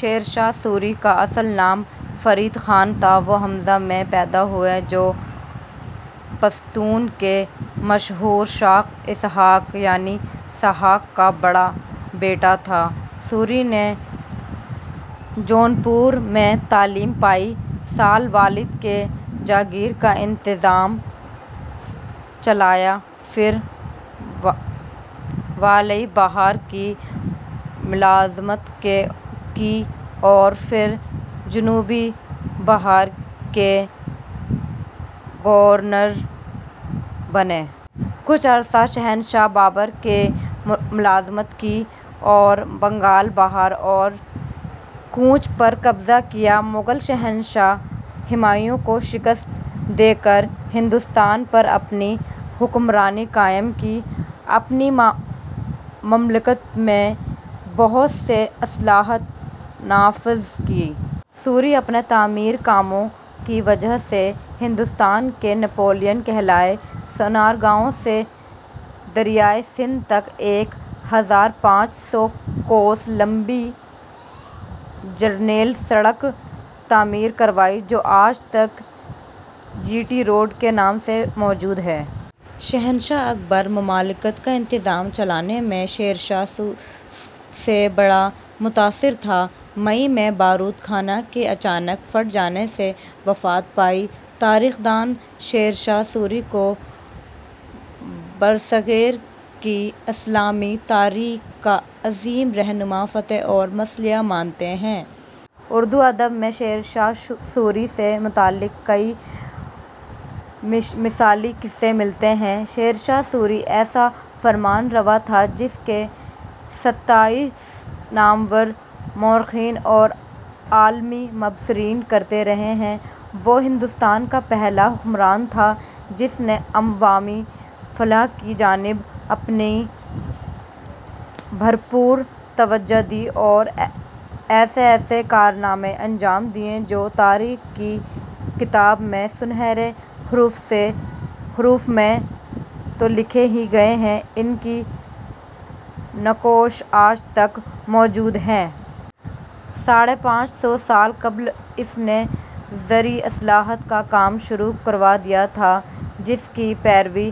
Sher Shah sorry, کا اصل نام فرید خان تھا۔ وہ ء میں پیدا ہوئے جو پشتون کی مشہور شاخ اسحاق یعنی سہاک کا بڑا بیٹا تھا۔ سوری نے جونپور میں تعلیم پائی۔ سال والد کی جاگیر کا انتظام چلایا پھر والئی بہار کی ملازمت کی اور پھر جنوبی بہار کے گورنر بنے۔ کچھ عرصہ شہنشاہ بابر کی ملازمت کی اور بنگال ، بہار اور قنوج پر قبضہ کیا۔ مغل شہنشاہ ہمایوں کو شکست دے کر ہندوستان پر اپنی حکمرانی قائم کی۔ اپنی مملکت میں بہت سی اصلاحات نافذ کیں۔ سوری اپنے تعمیری کاموں کی وجہ سے ہندوستان کے نپولین کہلائے سنار گاؤں سے دریائے سندھ تک ایک ہزار پانچ سو کوس لمبی جرنیلی سڑک تعمیر کروائی جو آج تک جی ٹی روڈ کے نام سے موجود ہے۔ شہنشاہ اکبر مملکت کا انتظام چلانے میں شیرشاہ سے بڑا متاثر تھا۔ مئی ء میں بارود خانہ کے اچانک پھٹ جانے سے وفات پائی۔ تاریخ دان شیر شاہ سوری کو برصغیر کی اسلامی تاریخ کا عظیم رہنما، فاتح اور مصلح مانتے ہیں۔ اردو ادب میں شیر شاہ سوری سے متعلق کئی مثالی قصے ملتے ہیں۔ شیر شاہ سوری ایسا فرماں روا تھا جس کی ستائش نامور مؤرخین اور عالمی مبصرین کرتے رہے ہیں۔ وہ ہندوستان کا پہلا حکمران تھا جس نے عوامی فلاح کی جانب اپنی بھرپور توجہ دی اور ایسے ایسے کارنامے انجام دیے جو تاریخ کی کتب میں سنہرے حروف میں تو لکھے ہی گئے، ان کے نقوش آج تک موجود ہیں۔ ساڑھے پانچ سو سال قبل اس نے زرعی اصلاحات کا کام شروع کروا دیا تھا، جس کی پیروی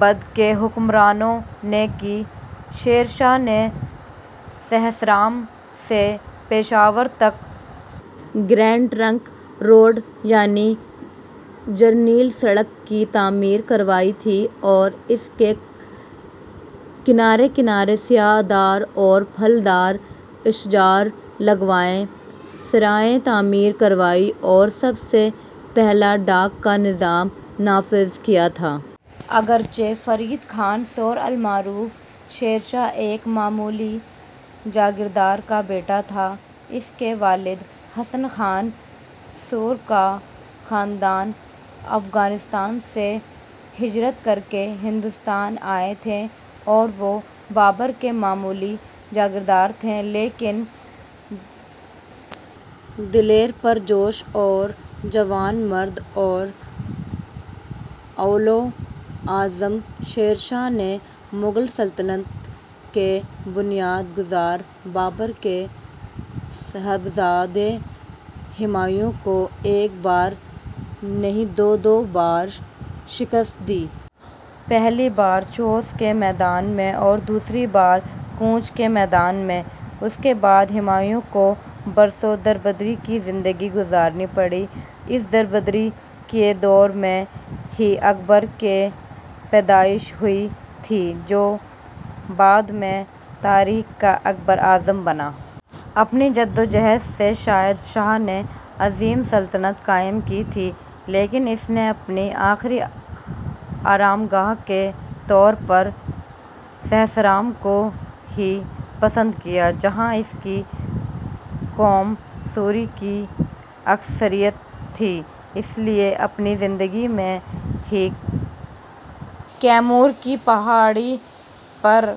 بعد کے حکمرانوں نے کی۔ شیر شاہ نے سہسرام سے پشاور تک گرینڈ ٹرنک روڈ یعنی جرنیلی سڑک کی تعمیر کروائی تھی اور اس کے کنارے کنارے سایہ دار اور پھل دار اشجار لگوائے، سرائیں تعمیر کروائیں اور سب سے پہلا ڈاک کا نظام نافذ کیا تھا۔ اگرچہ فرید خان سور المعروف شیر شاہ ایک معمولی جاگیردار کا بیٹا تھا۔ اس کے والد حسن خان سور کا خاندان افغانستان سے ہجرت کرکے ہندوستان آئے تھے اور وہ بابر کے معمولی جاگیردار تھے لیکن دلیر پرجوش اور جواں مرد اور اولو العزم شیر شاہ نے مغل سلطنت کے بنیاد گزار بابر کے صاحبزادے ہمایوں کو ایک بار نہیں دو دو بار شکست دی۔ پہلی بار چوسہ کے میدان میں اور دوسری بار قنّوج کے میدان میں۔ اُس کے بعد ہمایوں کو برسوں در بدری کی زندگی گزارنی پڑی اس در بدری کے دور میں ہی اکبر کی پیدائش ہوئی تھی جو بعد میں تاریخ کا اکبر اعظم بنا۔ اپنی جدوجہد سے شیر شاہ نے عظیم سلطنت قائم کی تھی۔ لیکن اس نے اپنی آخری آرام گاہ کے طور پر سہسرام کو ہی پسند کیا جہاں اس کی قوم سوری کی اکثریت تھی اس لیے اپنی زندگی میں ہی کیمور کی پہاڑی پر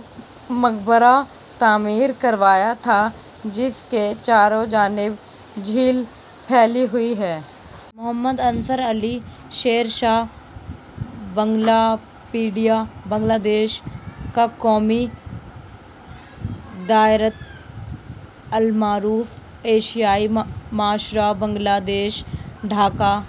مقبرہ تعمیر کروایا تھا جس کے چاروں جانب جھیل پھیلی ہوئی ہے۔ ↑ محمد عنصر علی, شیر شاہ, بنگلہ پیڈیا: بنگلہ دیش کا قومی دائرۃ المعارف, ایشیائی معاشرہ بنگلہ دیش, ڈھاکہ,: ۔